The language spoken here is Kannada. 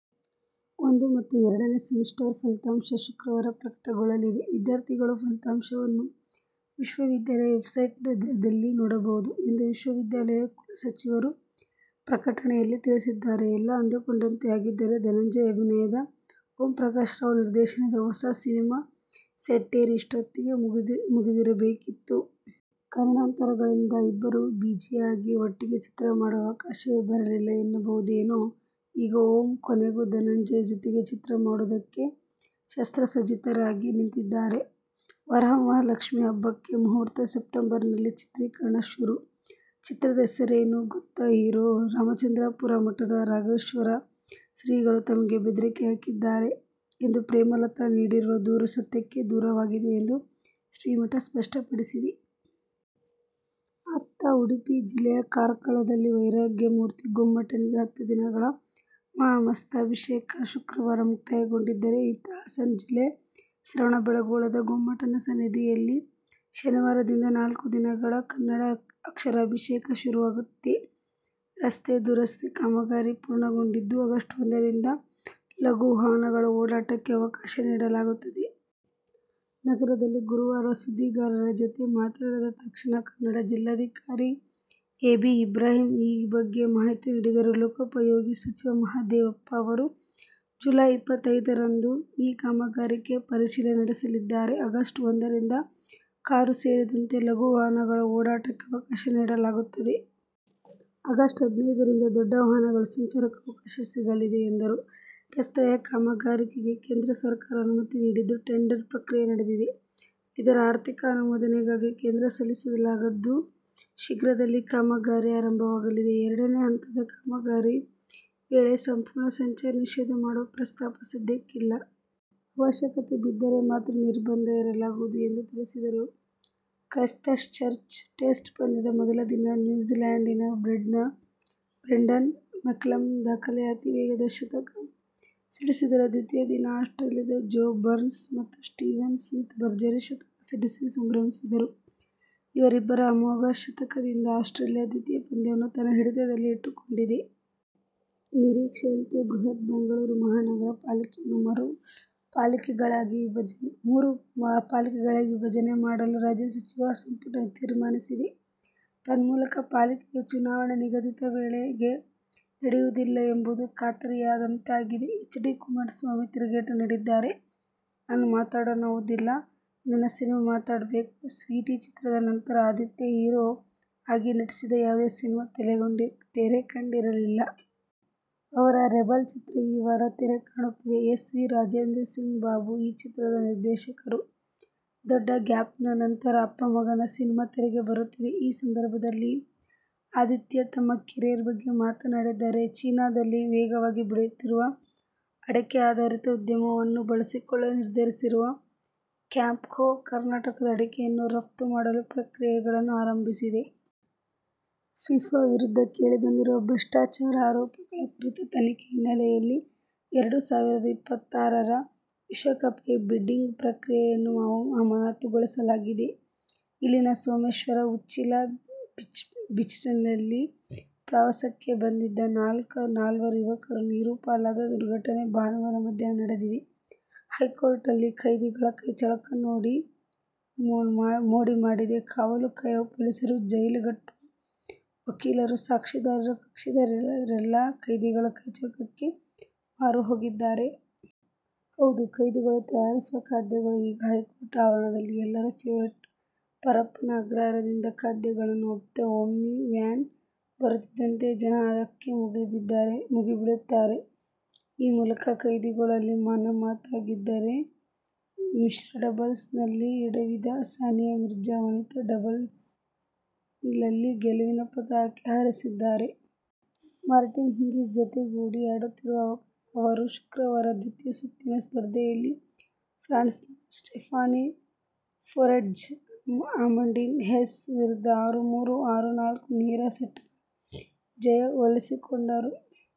ಒಂದು ಮತ್ತು ಎರಡನೇ ಸೆಮಿಸ್ಟರ್ ಫಲಿತಾಂಶ ಶುಕ್ರವಾರ ಪ್ರಕಟಗೊಳ್ಳಲಿದೆ. ವಿದ್ಯಾರ್ಥಿಗಳು ಫಲಿತಾಂಶವನ್ನು ವಿಶ್ವ ವಿದ್ಯಾಲಯ ವೆಬ್ಸೈಟ್ ದಲ್ಲಿ ನೋಡಬಹುದು ಎಂದು ವಿಶ್ವ ವಿದ್ಯಾಲಯ ಕುಲಸಚಿವರು ಪ್ರಕಟಣೆಯಲ್ಲಿ ತಿಳಿಸಿದ್ದಾರೆ. ಎಲ್ಲಾ ಅಂದುಕೊಂಡಂತೆ ಆಗಿದ್ದರೆ ಧನಂಜಯ್ ಅಭಿನಯದ, ಓಂಪ್ರಕಾಶ್ ರಾವ್ ನಿರ್ದೇಶನದ ಹೊಸ ಸಿನಿಮಾ ಸೆಟ್ಟೇರಿ ಇಷ್ಟೊತ್ತಿಗೆ ಮುಗಿದಿರಬೇಕಿತ್ತು. ಕಾರಣಾಂತರಗಳಿಂದ ಇಬ್ಬರೂ ಬಿಝಿಯಾಗಿ, ಒಟ್ಟಿಗೆ ಚಿತ್ರ ಮಾಡುವ ಅವಕಾಶವೇ ಬರಲಿಲ್ಲ ಎನ್ನಬಹುದೇನೋ. ಈಗ ಓಂ ಕೊನೆಗೂ ಧನಂಜಯ್ ಜೊತೆಗೆ ಚಿತ್ರ ಮಾಡುವುದಕ್ಕೆ ಶಸ್ತ್ರಸಜ್ಜಿತರಾಗಿ ನಿಂತಿದ್ದಾರೆ. ವರಮಹಾಲಕ್ಷ್ಮೀ ಹಬ್ಬಕ್ಕೆ ಮುಹೂರ್ತ. ಸೆಪ್ಟೆಂಬರ್ನಲ್ಲಿ ಚಿತ್ರೀಕರಣ ಶುರು. ಚಿತ್ರದ ಹೆಸರೇನು ಗೊತ್ತಾ ಹೀರೋ. ರಾಮಚಂದ್ರಾಪುರ ಮಠದ ರಾಘವೇಶ್ವರ ಶ್ರೀಗಳು ತಮಗೆ ಬೆದರಿಕೆ ಹಾಕಿದ್ದಾರೆ ಎಂದು ಪ್ರೇಮಲತಾ ನೀಡಿರುವ ದೂರು ಸತ್ಯಕ್ಕೆ ದೂರವಾಗಿದೆ ಎಂದು ಶ್ರೀಮಠ ಸ್ಪಷ್ಟಪಡಿಸಿದೆ. ಅತ್ತ ಉಡುಪಿ ಜಿಲ್ಲೆಯ ಕಾರ್ಕಳದಲ್ಲಿ ವೈರಾಗ್ಯಮೂರ್ತಿ ಗೊಮ್ಮಟನಿಗೆ ಹತ್ತು ದಿನಗಳ "ಮಹಾಮಸ್ತಕಾಭಿಷೇಕ' ಶುಕ್ರವಾರ ಮುಕ್ತಾಯಗೊಂಡಿದ್ದರೆ, ಇತ್ತ ಹಾಸನ ಜಿಲ್ಲೆಯ ಶ್ರವಣ ಬೆಳಗೊಳದ ಗೊಮ್ಮಟನ ಸನ್ನಿಧಿಯಲ್ಲಿ ಶನಿವಾರದಿಂದ ನಾಲ್ಕು ದಿನಗಳ "ಕನ್ನಡ ಅಕ್ಷರಾಭಿಷೇಕ' ಶುರುವಾಗುತ್ತಿದೆ. ರಸ್ತೆ ದುರಸ್ತಿ ಕಾಮಗಾರಿ ಪೂರ್ಣಗೊಂಡಿದ್ದು, ಆಗಸ್ಟ್ ಒಂದರಿಂದ ಲಘು ವಾಹನಗಳ ಓಡಾಟಕ್ಕೆ ಅವಕಾಶ ನೀಡಲಾಗುತ್ತದೆ. ನಗರದಲ್ಲಿ ಗುರುವಾರ ಸುದ್ದಿಗಾರರ ಜತೆ ಮಾತನಾಡಿದ ದಕ್ಷಿಣ ಕನ್ನಡ ಜಿಲ್ಲಾಧಿಕಾರಿ ಎ. ಬಿ. ಇಬ್ರಾಹಿಂ ಈ ಬಗ್ಗೆ ಮಾಹಿತಿ ನೀಡಿದರು. ಲೋಕೋಪಯೋಗಿ ಸಚಿವ ಮಹಾದೇವಪ್ಪ ಅವರು ಜುಲೈ. ಇಪ್ಪತ್ತೈದರಂದು ಈ ಕಾಮಗಾರಿಯ ಪರಿಶೀಲನೆ ನಡೆಸಲಿದ್ದಾರೆ. ಆಗಸ್ಟ್ ಒಂದರಿಂದ ಕಾರು ಸೇರಿದಂತೆ ಲಘು ವಾಹನಗಳ ಓಡಾಟಕ್ಕೆ ಅವಕಾಶ ನೀಡಲಾಗುತ್ತದೆ. ಆಗಸ್ಟ್ ಹದಿನೈದರಿಂದ ದೊಡ್ಡ ವಾಹನಗಳ ಸಂಚಾರಕ್ಕೂ ಅವಕಾಶ ಸಿಗಲಿದೆ ಎಂದರು. ರಸ್ತೆಯ ಕಾಮಗಾರಿಗೆ ಕೇಂದ್ರ ಸರಕಾರ ಅನುಮತಿ ನೀಡಿದ್ದು, ಟೆಂಡರ್ ಪ್ರಕ್ರಿಯೆ ನಡೆದಿದೆ. ಇದರ ಆರ್ಥಿಕ ಅನುಮೋದನೆಗಾಗಿ ಕೇಂದ್ರಕ್ಕೆ ಸಲ್ಲಿಸಲಾಗಿದ್ದು, ಶೀಘ್ರದಲ್ಲಿ ಕಾಮಗಾರಿ ಆರಂಭವಾಗಲಿದೆ. ಎರಡನೇ ಹಂತದ ಕಾಮಗಾರಿ ವೇಳೆ ಸಂಪೂರ್ಣ ಸಂಚಾರ ನಿಷೇಧ ಮಾಡುವ ಪ್ರಸ್ತಾಪ ಸದ್ಯಕ್ಕೆ ಇಲ್ಲ. ಅವಶ್ಯಕತೆ ಬಿದ್ದರೆ ಮಾತ್ರ ನಿರ್ಬಂಧ ಹೇರಲಾಗುವುದು ಎಂದು ತಿಳಿಸಿದರು. ಕ್ರೈಸ್ಟ್ಚರ್ಚ್ ಟೆಸ್ಟ್ ಪಂದ್ಯದ ಮೊದಲ ದಿನ ನ್ಯೂಜಿಲ್ಯಾಂಡಿನ ಬ್ರೆಂಡನ್ ಮೆಕಲಮ್ ದಾಖಲೆಯ ಅತೀವೇಗದ ಶತಕ ಸಿಡಿಸಿದರೆ ದ್ವಿತೀಯ ದಿನ ಆಸ್ಟ್ರೇಲಿಯದ ಜೋ ಬರ್ನ್ಸ್ ಮತ್ತು ಸ್ಟೀವನ್ ಸ್ಮಿತ್ ಭರ್ಜರಿ ಶತಕ ಸಿಡಿಸಿ ಸಂಭ್ರಮಿಸಿದರು. ಇವರಿಬ್ಬರ ಅಮೋಘ ಶತಕದಿಂದ ಆಸ್ಟ್ರೇಲಿಯ ದ್ವಿತೀಯ ಪಂದ್ಯವನ್ನು ತನ್ನ ಹಿಡಿತದಲ್ಲಿ ಇಟ್ಟುಕೊಂಡಿದೆ. ನಿರೀಕ್ಷೆಯಂತೆ ಬೃಹತ್ ಬೆಂಗಳೂರು ಮಹಾನಗರ ಪಾಲಿಕೆ ಯನ್ನು ಮೂರು ಪಾಲಿಕೆಗಳಾಗಿ ವಿಭಜನೆ ಮಾಡಲು ರಾಜ್ಯ ಸಚಿವ ಸಂಪುಟ ತೀರ್ಮಾನಿಸಿದೆ. ತನ್ಮೂಲಕ ಪಾಲಿಕೆಗೆ ಚುನಾವಣೆ ನಿಗದಿತ ವೇಳೆಗೆ ನಡೆಯುವುದಿಲ್ಲ ಎಂಬುದು ಖಾತರಿಯಾದಂತಾಗಿದೆ. ಹೆಚ್. ಡಿ. ಕುಮಾರಸ್ವಾಮಿ ತಿರುಗೇಟು ನೀಡಿದ್ದಾರೆ. ನಾನು ಮಾತಾಡುವುದಿಲ್ಲ, ನನ್ನ ಸಿನಿಮಾ ಮಾತಾಡಬೇಕು, "ಸ್ವೀಟಿ' ಚಿತ್ರದ ನಂತರ ಆದಿತ್ಯ ಹೀರೋ ಆಗಿ ನಟಿಸಿದ ಯಾವುದೇ ಸಿನಿಮಾ ತೆರೆಕಂಡಿರಲಿಲ್ಲ. ಅವರ "ರೆಬೆಲ್' ಚಿತ್ರ ಈ ವಾರ ತೆರೆ ಕಾಣುತ್ತಿದೆ. ಎಸ್. ವಿ. ರಾಜೆಂದ್ರಸಿಂಗ್ ಬಾಬು ಈ ಚಿತ್ರದ ನಿರ್ದೇಶಕರು. ದೊಡ್ಡ ಗ್ಯಾಪ್ನ ನಂತರ ಅಪ್ಪ-ಮಗನ ಸಿನಿಮಾ ತೆರೆಗೆ ಬರುತ್ತಿದೆ. ಈ ಸಂದರ್ಭದಲ್ಲಿ ಆದಿತ್ಯ ತಮ್ಮ ಕೆರಿಯರ್ ಬಗ್ಗೆ ಮಾತನಾಡಿದ್ದಾರೆ. ಚೀನಾದಲ್ಲಿ ವೇಗವಾಗಿ ಬೆಳೆಯುತ್ತಿರುವ ಅಡಕೆ ಆಧಾರಿತ ಉದ್ಯಮವನ್ನು ಬಳಸಿಕೊಳ್ಳಲು ನಿರ್ಧರಿಸಿರುವ ಕ್ಯಾಂಪ್ಕೋ, ಕರ್ನಾಟಕದ ಅಡಕೆಯನ್ನು ರಫ್ತು ಮಾಡಲು ಪ್ರಕ್ರಿಯೆಗಳನ್ನು ಆರಂಭಿಸಿದೆ. ಫಿಫಾ ವಿರುದ್ಧ ಕೇಳಿಬಂದಿರುವ ಭ್ರಷ್ಟಾಚಾರ ಆರೋಪಗಳ ಕುರಿತ ತನಿಖೆಯ ಹಿನ್ನೆಲೆಯಲ್ಲಿ ಎರಡು ಸಾವಿರದ ಇಪ್ಪತ್ತಾರರ ವಿಶ್ವಕಪ್ಗೆ ಬಿಡ್ಡಿಂಗ್ ಪ್ರಕ್ರಿಯೆಯನ್ನು ಅಮಾನತುಗೊಳಿಸಲಾಗಿದೆ. ಇಲ್ಲಿನ ಸೋಮೆಶ್ವರ-ಉಚ್ಚಿಲ ಬೀಚ್ನಲ್ಲಿ ಪ್ರಾವಸಕ್ಕೆ ಬಂದಿದ್ದ ನಾಲ್ವರು ಯುವಕರು ನೀರುಪಾಲದ ದುರ್ಘಟನೆ ಭಾನುವಾರ ಮಧ್ಯಾಹ್ನ ನಡೆದಿದೆ. ಹೈಕೋರ್ಟ್ನಲ್ಲಿ ಕೈದಿಗಳ ಕೈಚಳಕ ಮೋಡಿ ಮಾಡಿದೆ. ಕಾವಲು ಕಾಯುವ ಪೊಲೀಸರು, ಜೈಲಿಗಟ್ಟುವ ವಕೀಲರು, ಸಾಕ್ಷಿದಾರರು, ಕಕ್ಷಿದಾರ ರೆಲ್ಲಾ ಕೈದಿಗಳ ಕೈಚಳಕಕ್ಕೆ ಮಾರುಹೋಗಿದ್ದಾರೆ. ಹೌದು, ಕೈದಿಗಳು ತಯಾರಿಸುವ ಖಾದ್ಯಗಳು ಈಗ ಹೈಕೋರ್ಟ್ ಆವರಣದಲ್ಲಿ ಎಲ್ಲರ ಫೆವರಿಟ್'. ಪರಪ್ಪನ ಅಗ್ರಹಾರದಿಂದ ಖಾದ್ಯಗಳನ್ನು ಹೊತ್ತ ಓಮ್ನಿ ವ್ಯಾನ್ ಬರುತ್ತಿದ್ದಂತೆ ಜನ ಅದಕ್ಕೆ ಮುಗಿಬೀಳುತ್ತಾರೆ. ಈ ಮೂಲಕ ಕೈದಿಗಳು ಅಲ್ಲಿ ಮನೆಮಾತಾಗಿದ್ದಾರೆ. ಮಿಶ್ರ ಡಬಲ್ಸ್ನಲ್ಲಿ ಎಡವಿದ ಸಾನಿಯಾ ಮಿರ್ಜಾ ವನಿತಾ ಡಬಲ್ಸ್ನಲ್ಲಿ ಗೆಲುವಿನ ಪತಾಕೆ ಹಾರಿಸಿದ್ದಾರೆ. ಮಾರ್ಟಿನಾ ಹಿಂಗಿಸ್ ಜತೆಗೂಡಿ ಆಡುತ್ತಿರುವ ಅವರು ಶುಕ್ರವಾರದ ದ್ವಿತೀಯ ಸುತ್ತಿನ ಸ್ಪರ್ಧೆಯಲ್ಲಿ ಫ್ರಾನ್ಸ್ನ ಸ್ಟೆಫಾನಿ ಫೊರೆಟ್ಜ್-ಅಮಂಡೀನ್ ಹೆಸ್ ವಿರುದ್ಧ ಆರು-ಮೂರು, ಆರು-ನಾಲ್ಕು ನೇರ ಸೆಟ್ಗಳ ಜಯ ಒಲಿಸಿಕೊಂಡರು.